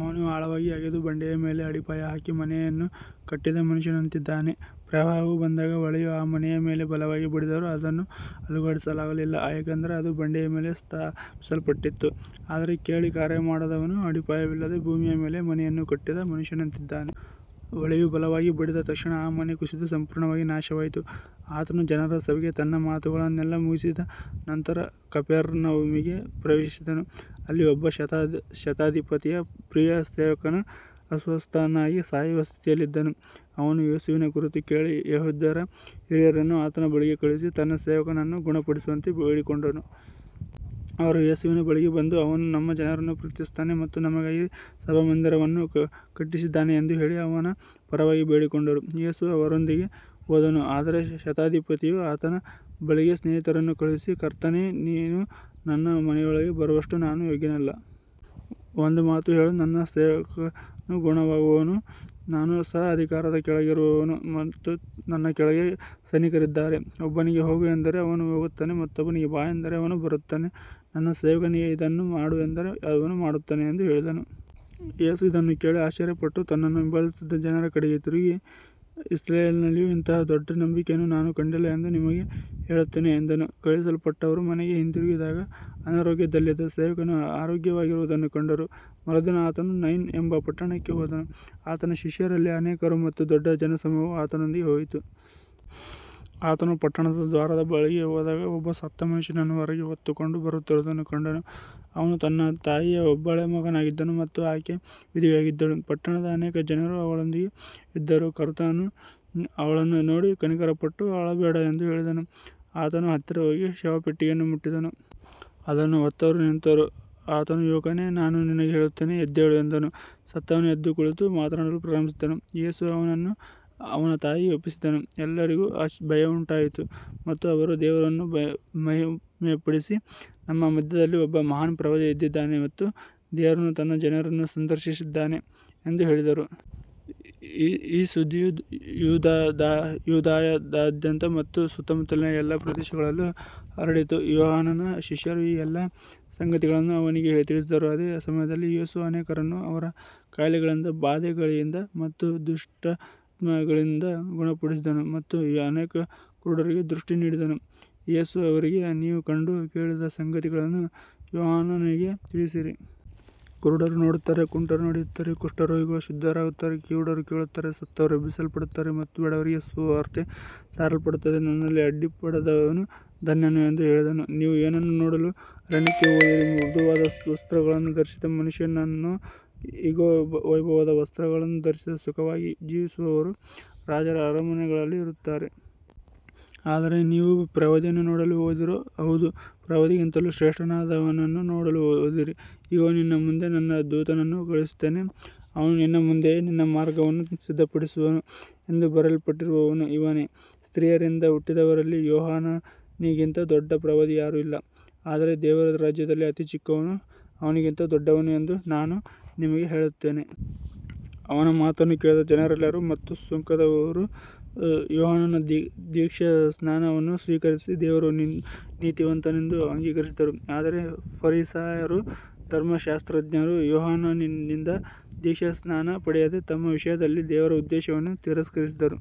ಅವನು ಆಳವಾಗಿ ಅಗೆದು ಬಂಡೆಯ ಮೇಲೆ ಅಡಿಪಾಯ ಹಾಕಿ ಮನೆಯನ್ನು ಕಟ್ಟಿದ ಮನುಷ್ಯನಂತಿದ್ದಾನೆ. ಪ್ರವಾಹವು ಬಂದಾಗ ಹೊಳೆಯು ಆ ಮನೆಯ ಮೇಲೆ ಬಲವಾಗಿ ಬಡಿದರೂ ಅದನ್ನು ಅಲುಗಾಡಿಸಲಾಗಲಿಲ್ಲ, ಏಕೆಂದರೆ ಅದು ಬಂಡೆಯ ಮೇಲೆ ಸ್ಥಾಪಿಸಲ್ಪಟ್ಟಿತ್ತು. ಆದರೆ ಕೇಳಿ ಕಾರ್ಯಮಾಡದವನು ಅಡಿಪಾಯವಿಲ್ಲದೆ ಭೂಮಿಯ ಮೇಲೆ ಮನೆಯನ್ನು ಕಟ್ಟಿದ ಮನುಷ್ಯನಂತಿದ್ದಾನೆ. ಹೊಳೆಯು ಬಲವಾಗಿ ಬಡಿದ ತಕ್ಷಣ ಆ ಮನೆ ಕುಸಿದು ಸಂಪೂರ್ಣವಾಗಿ ನಾಶವಾಯಿತು. ಆತನು ಜನರ ಸಭೆಗೆ ತನ್ನ ಮಾತುಗಳನ್ನೆಲ್ಲ ಮುಗಿಸಿದ ನಂತರ ಕಪೆರ್ನೌಮಿಗೆ ಪ್ರವೇಶಿಸಿದನು. ಅಲ್ಲಿ ಒಬ್ಬ ಶತಾಧಿಪತಿಯ ಪ್ರಿಯ ಸೇವಕನು ಅಸ್ವಸ್ಥನಾಗಿ ಸಾಯುವ ಸ್ಥಿತಿಯಲ್ಲಿದ್ದನು. ಅವನು ಯೇಸುವಿನ ಕುರಿತು ಕೇಳಿ, ಯೆಹೂದ್ಯರ ಹಿರಿಯರನ್ನು ಆತನ ಬಳಿಗೆ ಕಳುಹಿಸಿ ತನ್ನ ಸೇವಕನನ್ನು ಗುಣಪಡಿಸುವಂತೆ ಬೇಡಿಕೊಂಡನು. ಅವರು ಯೇಸುವಿನ ಬಳಿಗೆ ಬಂದು, ಅವನು ನಮ್ಮ ಜನರನ್ನು ಪ್ರೀತಿಸುತ್ತಾನೆ ಮತ್ತು ನಮಗಾಗಿ ಸಭಾಮಂದಿರವನ್ನು ಕಟ್ಟಿಸಿದ್ದಾನೆ ಎಂದು ಹೇಳಿ ಅವನ ಪರವಾಗಿ ಬೇಡಿಕೊಂಡರು. ಯೇಸು ಅವರೊಂದಿಗೆ ಹೋದನು. ಆದರೆ ಶತಾಧಿಪತಿಯು ಆತನ ಬಳಿಗೆ ಸ್ನೇಹಿತರನ್ನು ಕಳುಹಿಸಿ, ಕರ್ತನೇ, ನೀನು ನನ್ನ ಮನೆಯೊಳಗೆ ಬರುವಷ್ಟು ನಾನು ಯೋಗ್ಯನಲ್ಲ. ಒಂದು ಮಾತು ಹೇಳು, ನನ್ನ ಸೇವಕನು ಗುಣವಾಗುವನು. ನಾನು ಸಹ ಅಧಿಕಾರದ ಕೆಳಗಿರುವವನು ಮತ್ತು ನನ್ನ ಕೆಳಗೆ ಸೈನಿಕರಿದ್ದಾರೆ. ಒಬ್ಬನಿಗೆ ಹೋಗು ಎಂದರೆ ಅವನು ಹೋಗುತ್ತಾನೆ, ಮತ್ತೊಬ್ಬನಿಗೆ ಬಾ ಎಂದರೆ ಅವನು ಬರುತ್ತಾನೆ, ನನ್ನ ಸೇವಕನಿಗೆ ಇದನ್ನು ಮಾಡು ಎಂದರೆ ಅವನು ಮಾಡುತ್ತಾನೆ ಎಂದು ಹೇಳಿಸಿದನು. ಯೇಸು ಇದನ್ನು ಕೇಳಿ ಆಶ್ಚರ್ಯಪಟ್ಟು ತನ್ನನ್ನು ಹಿಂಬಾಲಿಸುತ್ತಿದ್ದ ಜನರ ಕಡೆಗೆ ತಿರುಗಿ, ಇಸ್ರಾಯೇಲಿನಲ್ಲಿಯೂ ಇಂಥ ದೊಡ್ಡ ನಂಬಿಕೆಯನ್ನು ನಾನು ಕಂಡಿಲ್ಲ ಎಂದು ನಿಮಗೆ ಹೇಳುತ್ತೇನೆ ಎಂದನು. ಕಳುಹಿಸಲ್ಪಟ್ಟವರು ಮನೆಗೆ ಹಿಂದಿರುಗಿದಾಗ ಅನಾರೋಗ್ಯದಲ್ಲಿದ್ದ ಸೇವಕನು ಆರೋಗ್ಯವಾಗಿರುವುದನ್ನು ಕಂಡರು. ಮರುದಿನ ಆತನು ನೈನ್ ಎಂಬ ಪಟ್ಟಣಕ್ಕೆ ಹೋದನು. ಆತನ ಶಿಷ್ಯರಲ್ಲಿ ಅನೇಕರು ಮತ್ತು ದೊಡ್ಡ ಜನಸಮೂಹವು ಆತನೊಂದಿಗೆ ಹೋಯಿತು. ಆತನು ಪಟ್ಟಣದ ದ್ವಾರದ ಬಳಿಗೆ ಬಂದಾಗ, ಒಬ್ಬ ಸತ್ತ ಮನುಷ್ಯನನ್ನು ಹೊರಗೆ ಹೊತ್ತುಕೊಂಡು ಬರುತ್ತಿರುವುದನ್ನು ಕಂಡನು. ಅವನು ತನ್ನ ತಾಯಿಯ ಒಬ್ಬನೇ ಮಗನಾಗಿದ್ದನು ಮತ್ತು ಆಕೆ ವಿಧವೆಯಾಗಿದ್ದಳು. ಪಟ್ಟಣದ ಅನೇಕ ಜನರು ಅವಳೊಂದಿಗೆ ಇದ್ದರು. ಕರ್ತನು ಅವಳನ್ನು ನೋಡಿ ಕನಿಕರಪಟ್ಟು, ಅಳಬೇಡ ಎಂದು ಹೇಳಿದನು. ಆತನು ಹತ್ತಿರ ಹೋಗಿ ಶವಪೆಟ್ಟಿಗೆಯನ್ನು ಮುಟ್ಟಿದನು. ಅದನ್ನು ಹೊತ್ತವರು ನಿಂತರು. ಆತನು, ಯುವಕನೇ, ನಾನು ನಿನಗೆ ಹೇಳುತ್ತೇನೆ, ಎದ್ದೇಳು ಎಂದನು. ಸತ್ತವನು ಎದ್ದು ಕುಳಿತು ಮಾತನಾಡಲು ಪ್ರಾರಂಭಿಸಿದನು. ಯೇಸು ಅವನನ್ನು ಅವನ ತಾಯಿಗೆ ಒಪ್ಪಿಸಿದನು. ಎಲ್ಲರಿಗೂ ಭಯವುಂಟಾಯಿತು ಮತ್ತು ಅವರು ದೇವರನ್ನು ಮಹಿಮೆಪಡಿಸಿ, ನಮ್ಮ ಮಧ್ಯದಲ್ಲಿ ಒಬ್ಬ ಮಹಾನ್ ಪ್ರವಾದಿ ಎದ್ದಿದ್ದಾನೆ ಮತ್ತು ದೇವರು ತನ್ನ ಜನರನ್ನು ಸಂದರ್ಶಿಸಿದ್ದಾನೆ ಎಂದು ಹೇಳಿದರು. ಈ ಸುದ್ದಿಯು ಯೂದಾಯದಾದ್ಯಂತ ಮತ್ತು ಸುತ್ತಮುತ್ತಲಿನ ಎಲ್ಲಾ ಪ್ರದೇಶಗಳಲ್ಲೂ ಹರಡಿತು. ಯೋಹಾನನ ಶಿಷ್ಯರು ಈ ಎಲ್ಲ ಸಂಗತಿಗಳನ್ನು ಅವನಿಗೆ ತಿಳಿಸಿದರು. ಅದೇ ಸಮಯದಲ್ಲಿ ಯೇಸು ಅನೇಕರನ್ನು ಅವರ ಕಾಯಿಲೆಗಳಿಂದ, ಬಾಧೆಗಳಿಂದ ಮತ್ತು ದುಷ್ಟಾತ್ಮಗಳಿಂದ ಗುಣಪಡಿಸಿದನು ಮತ್ತು ಅನೇಕ ಕುರುಡರಿಗೆ ದೃಷ್ಟಿ ನೀಡಿದನು. ಯೇಸು ಅವರಿಗೆ, ನೀವು ಕಂಡು ಕೇಳಿದ ಸಂಗತಿಗಳನ್ನು ಯೋಹಾನನಿಗೆ ತಿಳಿಸಿರಿ. ಕುರುಡರು ನೋಡುತ್ತಾರೆ, ಕುಂಟರು ನಡೆಯುತ್ತಾರೆ, ಕುಷ್ಠರೋಗಿಗಳು ಶುದ್ಧರಾಗುತ್ತಾರೆ, ಕಿವುಡರು ಕೇಳುತ್ತಾರೆ, ಸತ್ತವರು ಎಬ್ಬಿಸಲ್ಪಡುತ್ತಾರೆ ಮತ್ತು ಬಡವರಿಗೆ ಸುವಾರ್ತೆ ಸಾರಲ್ಪಡುತ್ತದೆ. ನನ್ನಲ್ಲಿ ಅಡ್ಡಿಪಡದವನು ಧನ್ಯನು ಎಂದು ಹೇಳಿದನು. ನೀವು ಏನನ್ನು ನೋಡಲು ಅರಣ್ಯಕ್ಕೆ ಹೋದಿರಿ. ಮೃದುವಾದ ವಸ್ತ್ರಗಳನ್ನು ಧರಿಸಿದ ಮನುಷ್ಯನನ್ನೋ. ಇಗೋ, ವೈಭವದ ವಸ್ತ್ರಗಳನ್ನು ಧರಿಸಿ ಸುಖವಾಗಿ ಜೀವಿಸುವವರು ರಾಜರ ಅರಮನೆಗಳಲ್ಲಿ ಇರುತ್ತಾರೆ. ಆದರೆ ನೀವು ಪ್ರವಾದಿಯನ್ನು ನೋಡಲು ಹೋದಿರೋ. ಹೌದು, ಪ್ರವಾದಿಗಿಂತಲೂ ಶ್ರೇಷ್ಠನಾದವನನ್ನು ನೋಡಲು ಹೋದಿರಿ. ಇಗೋ, ನಿನ್ನ ಮುಂದೆ ನನ್ನ ದೂತನನ್ನು ಕಳುಹಿಸುತ್ತೇನೆ, ಅವನು ನಿನ್ನ ಮುಂದೆಯೇ ನಿನ್ನ ಮಾರ್ಗವನ್ನು ಸಿದ್ಧಪಡಿಸುವನು ಎಂದು ಬರೆಯಲ್ಪಟ್ಟಿರುವವನು ಇವನೇ. ಸ್ತ್ರೀಯರಿಂದ ಹುಟ್ಟಿದವರಲ್ಲಿ ಯೋಹಾನನಿಗಿಂತ ದೊಡ್ಡ ಪ್ರವಾದಿ ಯಾರೂ ಇಲ್ಲ. ಆದರೆ ದೇವರ ರಾಜ್ಯದಲ್ಲಿ ಅತಿ ಚಿಕ್ಕವನೂ ಅವನಿಗಿಂತ ದೊಡ್ಡವನು ಎಂದು ನಾನು ನಿಮಗೆ ಹೇಳುತ್ತೇನೆ. ಅವನ ಮಾತನ್ನು ಕೇಳಿದ ಜನರೆಲ್ಲರೂ ಮತ್ತು ಸುಂಕದವರೂ ಯೋಹಾನನ ದೀಕ್ಷಾಸ್ನಾನವನ್ನು ಸ್ವೀಕರಿಸಿ ದೇವರು ನೀತಿವಂತನೆಂದು ಅಂಗೀಕರಿಸಿದರು. ಆದರೆ ಫರಿಸಾಯರೂ ಧರ್ಮಶಾಸ್ತ್ರಜ್ಞರೂ ಯೋಹಾನನಿಂದ ದೀಕ್ಷಾಸ್ನಾನ ಪಡೆಯದೆ ತಮ್ಮ ವಿಷಯದಲ್ಲಿ ದೇವರ ಉದ್ದೇಶವನ್ನು ತಿರಸ್ಕರಿಸಿದರು.